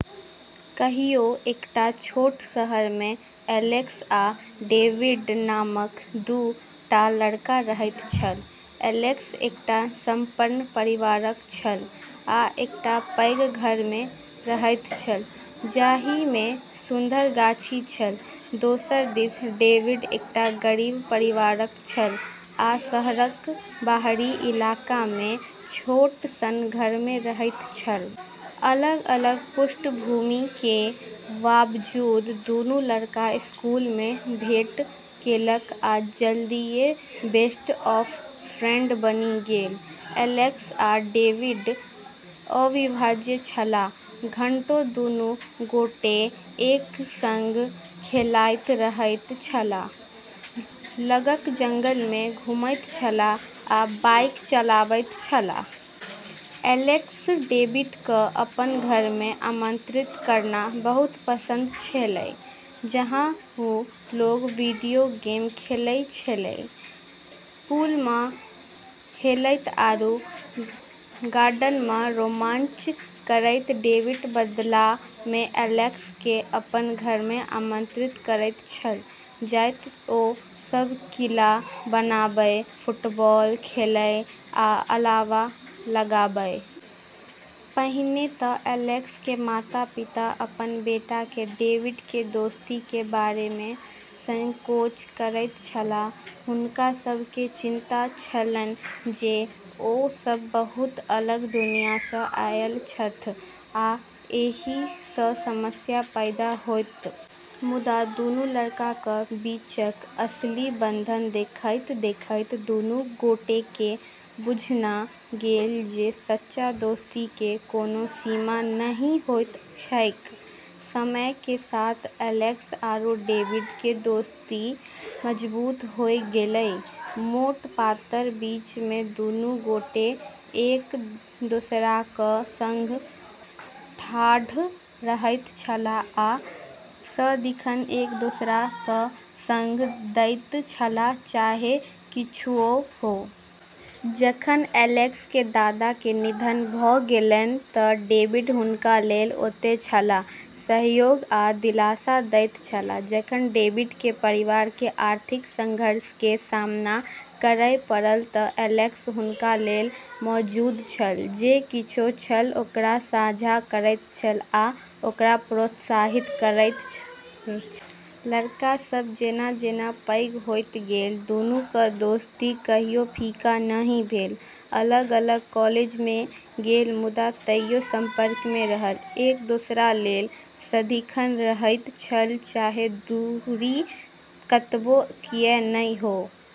कहियो एकटा छोट शहर मे एलेक्स आ डेविड नामक दू टा लड़का रहैत छल। एलेक्स एकटा सम्पन्न परिवारक छल आ एकटा पैघ घर मे रहैत छल जाहि मे सुन्दर गाछी छल। दोसर दिस डेविड एकटा गरीब परिवारक छल आ शहरक बाहरी इलाका मे एकटा छोट सन घर मे रहैत छल। अलग अलग पृष्ठभूमि के बावजूद दुनू लड़का स्कूल मे भेंट केलक आ जल्दीए बेस्ट ऑफ फ्रेंड बनि गेल। एलेक्स आ डेविड अविभाज्य छलाह। घंटों दुनू गोटे एक संग खेलाइत रहैत छलाह, लगक जंगल मे घुमैत छलाह आ बाइक चलाबैत छलाह। एलेक्स डेविड कऽ अपन घर मे आमंत्रित करना बहुत पसंद छेलै, जहां वू लोग वीडियो गेम खेलै छेलै, पूल मऽ हेलतै, आरू गार्डन मऽ रोमांच करतै। डेविड बदला मे एलेक्स के अपन घर मे आमंत्रित करैत छल जतय ओ सब किला बनाबय, फुटबॉल खेलय आ अलाव लगाबय। पहिने त एलेक्स के माता पिता अपन बेटा के डेविड के दोस्ती के बारे मे संकोच करैत छलाह। हुनका सब के चिंता छलनि जे ओ सब बहुत अलग दुनिया स आयल छथि आ एहि स समस्या पैदा होयत। मुदा दुनू लड़काक बीचक असली बंधन देखैत देखैत दुनू गोटेकेँ बुझना गेल जे सच्चा दोस्तीकेँ कोनो सीमा नहि होइत छैक। समय के साथ एलेक्स आरू डेविड के दोस्ती मजबूत होय गेलै। मोट पातर बीच मे दुनू गोटे एक दोसराक संग ठाढ़ रहैत छलाह आ सदिखन एक दोसराक संग दैत छलाह चाहे किछुओ हो। जखन एलेक्स के दादा के निधन भ गेलैन त डेविड हुनका लेल ओतय छलाह, सहयोग आ दिलासा दैत छलाह। जखन डेविड के परिवार के आर्थिक संघर्ष के सामना करय पड़ल त एलेक्स हुनका लेल मौजूद छल, जे किछु छल ओकरा साझा करैत छल आ ओकरा प्रोत्साहित करैत छल। लड़का सब जेना जेना पैघ होइत गेल, दुनूक दोस्ती कहियो फीका नहि भेल। अलग अलग कॉलेज मे गेल मुदा तइयो संपर्क मे रहल, एक दोसरा लेल सदिखन रहैत छल चाहे दूरी कतबो किएक नहि हो।